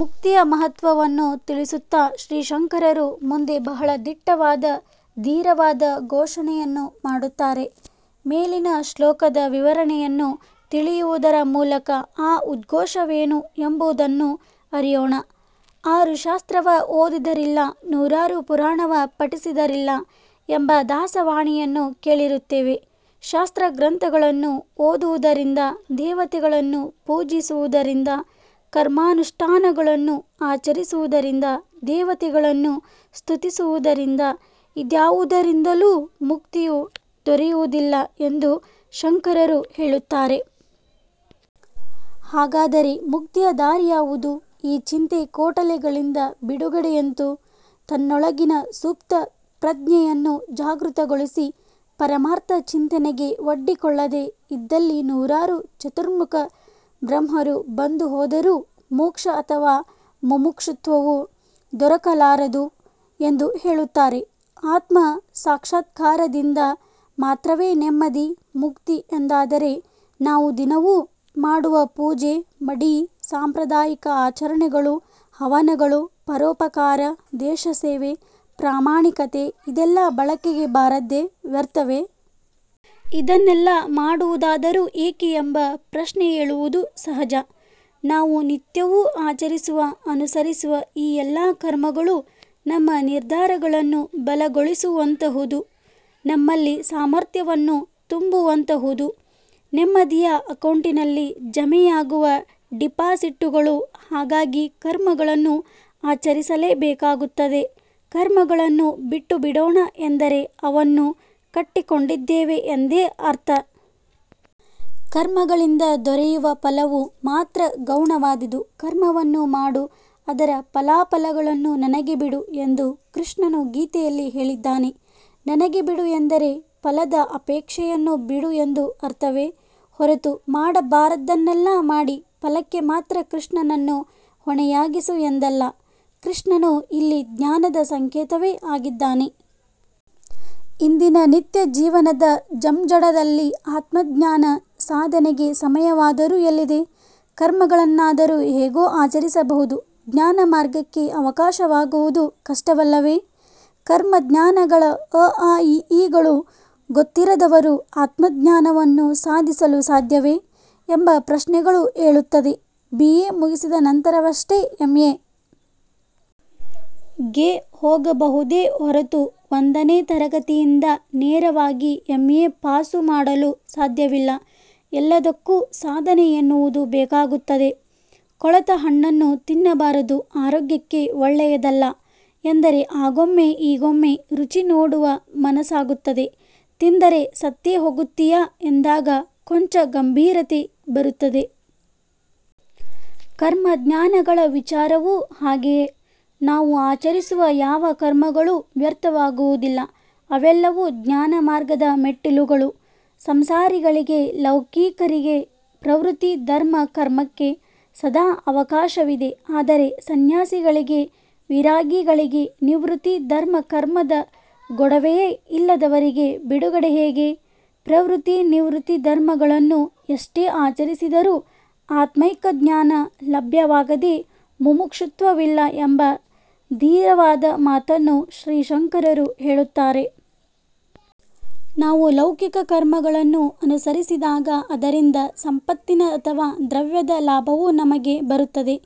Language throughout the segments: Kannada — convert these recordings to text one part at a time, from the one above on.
ಮುಕ್ತಿಯ ಮಹತ್ವವನ್ನು ತಿಳಿಸುತ್ತಾ ಶ್ರೀ ಶಂಕರರು ಮುಂದೆ ಬಹಳ ದಿಟ್ಟವಾದ ಧೀರವಾದ ಘೋಷಣೆಯನ್ನು ಮಾಡುತ್ತಾರೆ. ಮೇಲಿನ ಶ್ಲೋಕದ ವಿವರಣೆಯನ್ನು ತಿಳಿಯುವುದರ ಮೂಲಕ ಆ ಉದ್ಘೋಷವೇನು ಎಂಬುದನ್ನು ಅರಿಯೋಣ. "ಆರು ಶಾಸ್ತ್ರವ ಓದಿದರಿಲ್ಲ ನೂರಾರು ಪುರಾಣವ ಪಠಿಸಿದರಿಲ್ಲ" ಎಂಬ ದಾಸವಾಣಿಯನ್ನು ಕೇಳಿರುತ್ತೇವೆ. ಶಾಸ್ತ್ರಗ್ರಂಥಗಳನ್ನು ಓದುವುದರಿಂದ, ದೇವತೆಗಳನ್ನು ಪೂಜಿಸುವುದರಿಂದ, ಕರ್ಮಾನುಷ್ಠಾನಗಳನ್ನು ಆಚರಿಸುವುದರಿಂದ, ದೇವತೆಗಳನ್ನು ಸ್ತುತಿಸುವುದರಿಂದ, ಇದ್ಯಾವುದರಿಂದಲೂ ಮುಕ್ತಿಯು ದೊರೆಯುವುದಿಲ್ಲ ಎಂದು ಶಂಕರರು ಹೇಳುತ್ತಾರೆ. ಹಾಗಾದರೆ ಮುಕ್ತಿಯ ದಾರಿ ಯಾವುದು? ಈ ಚಿಂತೆ-ಕೋಟಲೆಗಳಿಂದ ಬಿಡುಗಡೆ ಎಂತು?. ತನ್ನೊಳಗಿನ ಸುಪ್ತ ಪ್ರಜ್ಞೆಯನ್ನು ಜಾಗೃತಗೊಳಿಸಿ ಪರಮಾರ್ಥ ಚಿಂತನೆಗೆ ಒಡ್ಡಿಕೊಳ್ಳದೆ ಇದ್ದಲ್ಲಿ ನೂರಾರು ಚತುರ್ಮುಖ ಬ್ರಹ್ಮರು ಬಂದು ಹೋದರೂ ಮೋಕ್ಷ ಅಥವಾ ಮುಮುಕ್ಷುತ್ವವು ದೊರಕಲಾರದು ಎಂದು ಹೇಳುತ್ತಾರೆ. ಆತ್ಮ ಸಾಕ್ಷಾತ್ಕಾರದಿಂದ ಮಾತ್ರವೇ ನೆಮ್ಮದಿ, ಮುಕ್ತಿ ಎಂದಾದರೆ ನಾವು ದಿನವೂ ಮಾಡುವ ಪೂಜೆ, ಮಡಿ, ಸಾಂಪ್ರದಾಯಿಕ ಆಚರಣೆಗಳು, ಹವನಗಳು, ಪರೋಪಕಾರ, ದೇಶಸೇವೆ, ಪ್ರಾಮಾಣಿಕತೆ ಇದೆಲ್ಲಾ ಬಳಕೆಗೆ ಬಾರದ್ದೇ ವ್ಯರ್ಥವೇ? ಇದನ್ನೆಲ್ಲಾ ಮಾಡುವುದಾದರೂ ಏಕೆ ಎಂಬ ಪ್ರಶ್ನೆ ಏಳುವುದು ಸಹಜ. ನಾವು ನಿತ್ಯವೂ ಆಚರಿಸುವ-ಅನುಸರಿಸುವ ಈ ಎಲ್ಲಾ ಕರ್ಮಗಳೂ ನಮ್ಮ ನಿರ್ಧಾರಗಳನ್ನು ಬಲಗೊಳಿಸುವಂತಹುದು. ನಮ್ಮಲ್ಲಿ ಸಾಮರ್ಥ್ಯವನ್ನು ತುಂಬುವಂತಹುದು. ನೆಮ್ಮದಿಯ ಅಕೌಂಟಿನಲ್ಲಿ ಜಮೆಯಾಗುವ ಡಿಪಾಸಿಟ್ಟುಗಳು. ಹಾಗಾಗಿ ಕರ್ಮಗಳನ್ನು ಆಚರಿಸಲೇಬೇಕಾಗುತ್ತದೆ. ಕರ್ಮಗಳನ್ನು ಬಿಟ್ಟು ಬಿಡೋಣ ಎಂದರೆ, ಅವನ್ನು ಕಟ್ಟಿಕೊಂಡಿದ್ದೇವೆ ಎಂದೇ ಅರ್ಥ!. ಕರ್ಮಗಳಿಂದ ದೊರೆಯುವ ಫಲವು ಮಾತ್ರ ಗೌಣವಾದುದು. 'ಕರ್ಮವನ್ನು ಮಾಡು ಅದರ ಫಲಾಫಲಗಳನ್ನು ನನಗೆ ಬಿಡು' ಎಂದು ಕೃಷ್ಣನು ಗೀತೆಯಲ್ಲಿ ಹೇಳಿದ್ದಾನೆ. 'ನನಗೆ ಬಿಡು' ಎಂದರೆ ಫಲದ ಅಪೇಕ್ಷೆಯನ್ನು ಬಿಡು ಎಂದು ಅರ್ಥವೇ ಹೊರತು ಮಾಡಬಾರದ್ದನ್ನೆಲ್ಲಾ ಮಾಡಿ ಫಲಕ್ಕೆ ಮಾತ್ರ ಕೃಷ್ಣನನ್ನು ಹೊಣೆಯಾಗಿಸು ಎಂದಲ್ಲ. ಕೃಷ್ಣನು ಇಲ್ಲಿ ಜ್ಞಾನದ ಸಂಕೇತವೇ ಆಗಿದ್ದಾನೆ. ಇಂದಿನ ನಿತ್ಯ ಜೀವನದ ಜಂಜಡದಲ್ಲಿ ಆತ್ಮಜ್ಞಾನ ಸಾಧನೆಗೆ ಸಮಯವಾದರೂ ಎಲ್ಲಿದೆ? ಕರ್ಮಗಳನ್ನಾದರೂ ಹೇಗೋ ಆಚರಿಸಬಹುದು, ಜ್ಞಾನಮಾರ್ಗಕ್ಕೆ ಅವಕಾಶವಾಗುವುದು ಕಷ್ಟವಲ್ಲವೆ? ಕರ್ಮ-ಜ್ಞಾನಗಳ ಅ ಆ ಇ ಈ ಗಳೂ ಗೊತ್ತಿರದವರು ಆತ್ಮಜ್ಞಾನವನ್ನು ಸಾಧಿಸಲು ಸಾಧ್ಯವೆ? ಎಂಬ ಪ್ರಶ್ನೆಗಳು ಏಳುತ್ತದೆ. ಬಿ. ಎ. ಮುಗಿಸಿದ ನಂತರವಷ್ಟೇ ಎಂ. ಎ. ಗೆ ಹೋಗಬಹುದೇ ಹೊರತು ಒಂದನೇ ತರಗತಿಯಿಂದ ನೇರವಾಗಿ ಎಂ. ಎ. ಪಾಸು ಮಾಡಲು ಸಾಧ್ಯವಿಲ್ಲ. ಎಲ್ಲದಕ್ಕೂ ಸಾಧನೆ ಎನ್ನುವುದು ಬೇಕಾಗುತ್ತದೆ. 'ಕೊಳೆತ ಹಣ್ಣನ್ನು ತಿನ್ನಬಾರದು ಆರೋಗ್ಯಕ್ಕೆ ಒಳ್ಳೆಯದಲ್ಲಾ' ಎಂದರೆ ಆಗೊಮ್ಮೆ ಈಗೊಮ್ಮೆ ರುಚಿ ನೋಡುವ ಮನಸಾಗುತ್ತದೆ. 'ತಿಂದರೆ ಸತ್ತೇ ಹೋಗುತ್ತಿಯಾ' ಎಂದಾಗ ಕೊಂಚ ಗಂಭೀರತೆ ಬರುತ್ತದೆ. ಕರ್ಮ-ಜ್ಞಾನಗಳ ವಿಚಾರವೂ ಹಾಗೆಯೇ. ನಾವು ಆಚರಿಸುವ ಯಾವ ಕರ್ಮಗಳೂ ವ್ಯರ್ಥವಾಗುವುದಿಲ್ಲ, ಅವೆಲ್ಲವೂ ಜ್ಞಾನ ಮಾರ್ಗದ ಮೆಟ್ಟಿಲುಗಳು. ಸಂಸಾರಿಗಳಿಗೆ ಲೌಕಿಕರಿಗೆ ಪ್ರವೃತ್ತಿ ಧರ್ಮ ಕರ್ಮಕ್ಕೆ ಸದಾ ಅವಕಾಶವಿದೆ, ಆದರೆ ಸನ್ಯಾಸಿಗಳಿಗೆ, ವಿರಾಗಿಗಳಿಗೆ ನಿವೃತ್ತಿ ಧರ್ಮ ಕರ್ಮದ ಗೊಡವೆಯೇ ಇಲ್ಲದವರಿಗೆ ಬಿಡುಗಡೆ ಹೇಗೆ?. ಪ್ರವೃತ್ತಿ-ನಿವೃತ್ತಿ ಧರ್ಮಗಳನ್ನು ಎಷ್ಟೇ ಆಚರಿಸಿದರೂ 'ಆತ್ಮೈಕ ಜ್ಞಾನ' ಲಭ್ಯವಾಗದೆ ಮುಮುಕ್ಷುತ್ವವಿಲ್ಲ ಎಂಬ ಧೀರವಾದ ಮಾತನ್ನು ಶ್ರೀ ಶಂಕರರು ಹೇಳುತ್ತಾರೆ. ನಾವು ಲೌಕಿಕ ಕರ್ಮಗಳನ್ನು ಅನುಸರಿಸಿದಾಗ ಅದರಿಂದ ಸಂಪತ್ತಿನ ಅಥವಾ ದ್ರವ್ಯದ ಲಾಭವು ನಮಗೆ ಬರುತ್ತದೆ.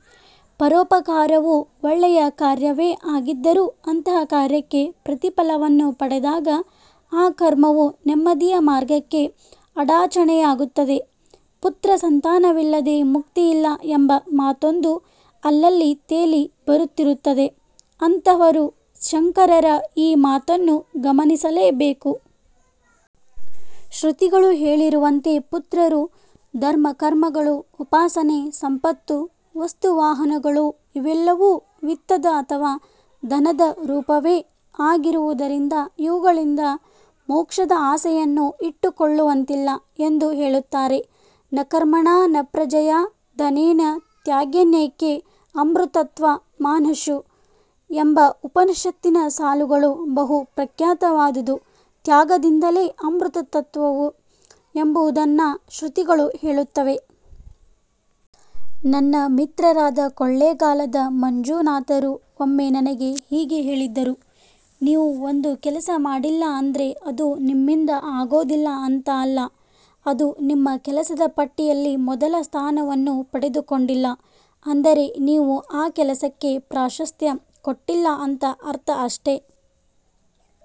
ಪರೋಪಕಾರವು ಒಳ್ಳೆಯ ಕಾರ್ಯವೇ ಆಗಿದ್ದರೂ ಅಂತಹ ಕಾರ್ಯಕ್ಕೆ ಪ್ರತಿಫಲವನ್ನು ಪಡೆದಾಗ ಆ ಕರ್ಮವು ನೆಮ್ಮದಿಯ ಮಾರ್ಗಕ್ಕೆ ಅಡಾಚಣೆಯಾಗುತ್ತದೆ. 'ಪುತ್ರ ಸಂತಾನವಿಲ್ಲದೆ ಮುಕ್ತಿಯಿಲ್ಲ' ಎಂಬ ಮಾತೊಂದು ಅಲ್ಲಲ್ಲಿ ತೇಲಿ ಬರುತ್ತಿರುತ್ತದೆ. ಅಂತಹವರು ಶಂಕರರ ಈ ಮಾತನ್ನು ಗಮನಿಸಲೇ ಬೇಕು. " ಶ್ರುತಿಗಳು ಹೇಳಿರುವಂತೆ ಪುತ್ರರು, ಧರ್ಮ-ಕರ್ಮಗಳು, ಉಪಾಸನೆ, ಸಂಪತ್ತು, ವಸ್ತು-ವಾಹನಗಳು, ಇವೆಲ್ಲವೂ ವಿತ್ತದ ಅಥವಾ ಧನದ ರೂಪವೇ ಆಗಿರುವುದರಿಂದ ಇವುಗಳಿಂದ ಮೋಕ್ಷದ ಆಸೆಯನ್ನು ಇಟ್ಟುಕೊಳ್ಳುವಂತಿಲ್ಲ" ಎಂದು ಹೇಳುತ್ತಾರೆ. 'ನಕರ್ಮಣಾ ನಪ್ರಜಯಾ ಧನೇನ ತ್ಯಾಗೇನೈಕೇ ಅಮೃತತ್ವ ಮಾನಶುಃ' ಎಂಬ ಉಪನಿಷತ್ತಿನ ಸಾಲುಗಳು ಬಹು ಪ್ರಖ್ಯಾತವಾದುದು. ತ್ಯಾಗದಿಂದಲೇ ಅಮೃತತ್ವವು ಎಂಬುದನ್ನು ಶ್ರುತಿಗಳು ಹೇಳುತ್ತವೆ. ನನ್ನ ಮಿತ್ರರಾದ ಕೊಳ್ಳೇಗಾಲದ ಮಂಜುನಾಥರು ಒಮ್ಮೆ ನನಗೆ ಹೀಗೆ ಹೇಳಿದ್ದರು "ನೀವು ಒಂದು ಕೆಲಸ ಮಾಡಿಲ್ಲ ಅಂದ್ರೆ ಅದು ನಿಮ್ಮಿಂದ ಆಗೋದಿಲ್ಲ ಅಂತಾ ಅಲ್ಲ, ಅದು ನಿಮ್ಮ ಕೆಲಸದ ಪಟ್ಟಿಯಲ್ಲಿ ಮೊದಲ ಸ್ಥಾನವನ್ನು ಪಡೆದುಕೊಂಡಿಲ್ಲ, ಅಂದರೆ ನೀವು ಆ ಕೆಲಸಕ್ಕೆ ಪ್ರಾಶಸ್ತ್ಯ ಕೊಟ್ಟಿಲ್ಲ ಅಂತ ಅರ್ಥ ಅಷ್ಟೆ ".